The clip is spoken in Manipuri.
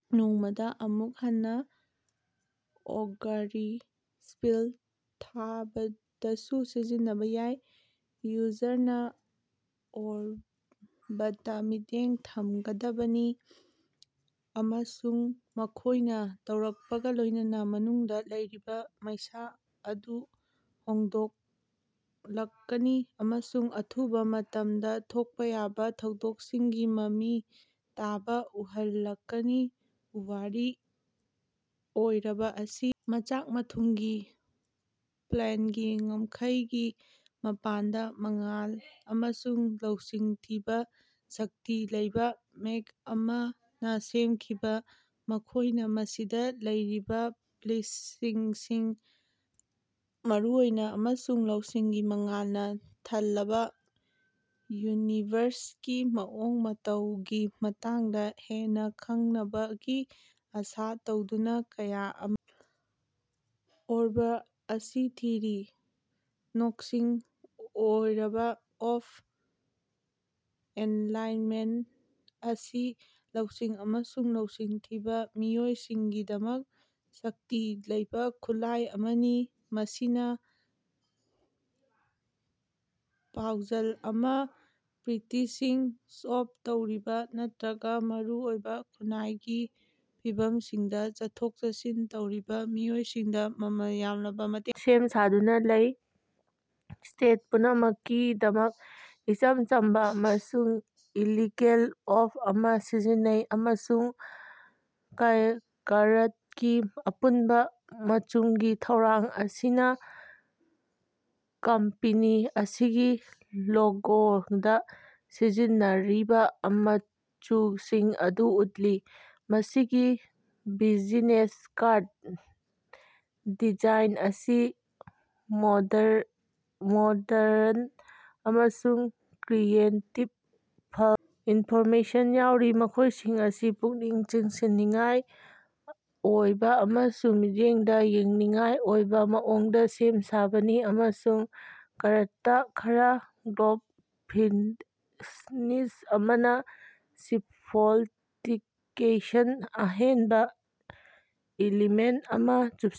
ꯅꯣꯡꯃꯗꯥ ꯑꯃꯨꯛ ꯍꯟꯅꯥ ꯑꯣꯒꯔꯤꯒꯤ ꯁ꯭ꯄꯦꯜ ꯊꯥꯕꯗꯁꯨ ꯁꯤꯖꯤꯟꯅꯕ ꯌꯥꯏ꯫ ꯌꯨꯖꯔꯅꯥ ꯑꯣꯔꯕꯇꯥ ꯃꯤꯠꯌꯦꯡ ꯊꯝꯒꯗꯕꯅꯤ, ꯑꯃꯁꯨꯡ ꯃꯈꯣꯏꯅ ꯇꯧꯔꯛꯄꯒꯥ ꯂꯣꯏꯅꯅꯥ ꯃꯅꯨꯡꯗ ꯂꯩꯔꯤꯕ ꯃꯩꯁꯥ ꯑꯗꯨ ꯍꯣꯡꯂꯛꯀꯅꯤ ꯑꯃꯁꯨꯡ ꯑꯊꯨꯕꯥ ꯃꯇꯝꯗꯥ ꯊꯣꯛꯄ ꯌꯥꯕ ꯊꯧꯗꯣꯛꯁꯤꯡꯒꯤ ꯃꯃꯤ ꯇꯥꯕ ꯎꯍꯜꯂꯛꯀꯅꯤ꯫ ꯄꯨꯋꯥꯔꯤ: ꯑꯣꯔꯕ ꯑꯁꯤ ꯃꯆꯥꯛ ꯃꯊꯨꯝꯒꯤ ꯄ꯭ꯂꯦꯟꯒꯤ ꯉꯝꯈꯩꯒꯤ ꯃꯄꯥꯟꯗ ꯃꯉꯥꯜ ꯑꯃꯁꯨꯡ ꯂꯧꯁꯤꯡ ꯊꯤꯕ ꯁꯛꯇꯤ ꯂꯩꯕ ꯃꯦꯒ ꯑꯃꯅ ꯁꯦꯝꯈꯤꯕꯅꯤ꯫ ꯃꯈꯣꯏꯅ ꯃꯁꯤꯗ ꯂꯩꯔꯤꯕ ꯄ꯭ꯂꯦꯟꯁꯤꯡꯒꯤ ꯃꯔꯨꯑꯣꯏꯕ ꯑꯃꯁꯨꯡ ꯂꯧꯁꯤꯡꯒꯤ ꯃꯉꯥꯜꯅ ꯊꯜꯂꯕꯥ, ꯌꯨꯅꯤꯚꯔꯁꯀꯤ ꯃꯑꯣꯡ ꯃꯇꯧꯒꯤ ꯃꯇꯥꯡꯗ ꯍꯦꯟꯅꯥ ꯈꯪꯅꯕꯒꯤ ꯑꯥꯁꯥ ꯇꯧꯗꯨꯅꯥ ꯀꯌꯥ ꯑꯃꯅ ꯑꯣꯔꯕ ꯑꯁꯤ ꯊꯤꯔꯤ꯫ ꯅꯣꯠꯁꯤꯡ: ꯑꯣꯔꯕ ꯑꯣꯐ ꯑꯦꯟꯂꯥꯏꯇꯦꯟꯃꯦꯟ ꯑꯁꯤ ꯂꯧꯁꯤꯡ ꯑꯃꯁꯨꯡ ꯂꯧꯁꯤꯡ ꯊꯤꯕꯥ ꯃꯤꯑꯣꯏꯁꯤꯡꯒꯤꯗꯃꯛ ꯁꯛꯇꯤ ꯂꯩꯕꯥ ꯈꯨꯠꯂꯥꯏ ꯑꯃꯅꯤ꯫ ꯃꯁꯤꯅ ꯄꯥꯖꯜ ꯑꯃꯁꯨꯡ ꯃꯤꯁꯇ꯭ꯔꯤꯁꯤꯡ ꯁꯣꯜꯐ ꯇꯧꯔꯤꯕ ꯅꯠꯇ꯭ꯔꯒ ꯑꯔꯨꯕ ꯈꯨꯟꯅꯥꯏꯒꯤ ꯐꯤꯚꯝꯁꯤꯡꯗ ꯆꯠꯊꯣꯛ-ꯆꯠꯁꯤꯟ ꯇꯧꯔꯤꯕ ꯃꯤꯑꯣꯏꯁꯤꯡꯗ ꯃꯃꯜ ꯌꯥꯝꯂꯕ ꯃꯇꯦꯡ ꯁꯦꯝ-ꯁꯥꯗꯨꯅ ꯂꯩ꯫ ꯁꯇꯇꯦ ꯄꯨꯝꯅꯃꯛꯀꯤꯗꯃꯛ ꯏꯆꯝ ꯆꯝꯕ ꯑꯃꯁꯨꯡ ꯏꯂꯤꯒꯦꯟ ꯐꯣꯟ ꯑꯃ ꯁꯤꯖꯤꯟꯅꯩ, ꯑꯃꯁꯨꯡ ꯀꯥꯔꯠꯀꯤ ꯑꯄꯨꯟꯕ ꯃꯆꯨꯒꯤ ꯊꯧꯔꯥꯡ ꯑꯁꯤꯅ ꯀꯝꯄꯦꯅꯤ ꯑꯁꯤꯒꯤ ꯂꯣꯒꯣꯗꯥ ꯁꯤꯖꯤꯟꯅꯔꯤꯕ ꯃꯆꯨꯁꯤꯡ ꯑꯗꯨ ꯎꯠꯂꯤ꯫ ꯃꯁꯤꯒꯤ ꯕꯤꯖꯤꯅꯦꯁ ꯀꯥꯔꯠ ꯗꯤꯖꯥꯏꯟ ꯑꯁꯤ ꯃꯣꯗꯔꯟ ꯑꯃꯁꯨꯡ ꯀ꯭ꯔꯤꯌꯦꯇꯤꯚ ꯐꯤꯜ ꯏꯟꯐꯣꯔꯃꯦꯁꯟ ꯌꯥꯎꯔꯤ, ꯃꯈꯣꯏꯁꯤꯡ ꯑꯁꯤ ꯄꯨꯛꯅꯤꯡ ꯆꯤꯡꯁꯤꯟꯅꯤꯡꯉꯥꯏ ꯑꯣꯏꯕ ꯑꯃꯁꯨꯡ ꯃꯤꯠꯌꯦꯡꯗ ꯌꯦꯡꯅꯤꯡꯉꯥꯏ ꯑꯣꯏꯕ ꯃꯑꯣꯡꯗꯥ ꯁꯦꯝ ꯁꯥꯕꯅꯤ ꯑꯃꯁꯨꯡ ꯀꯥꯔꯠꯇꯥ ꯈꯔ ꯒ꯭ꯂꯣꯁ ꯐꯤꯅꯤꯁ ꯑꯃꯅꯥ ꯁꯣꯐꯤꯁ꯭ꯇꯤꯀꯦꯁꯟꯒꯤ ꯑꯍꯦꯟꯕꯥ ꯏꯂꯤꯃꯦꯟ ꯑꯃ ꯍꯥꯞꯆꯤꯜꯂꯤ꯫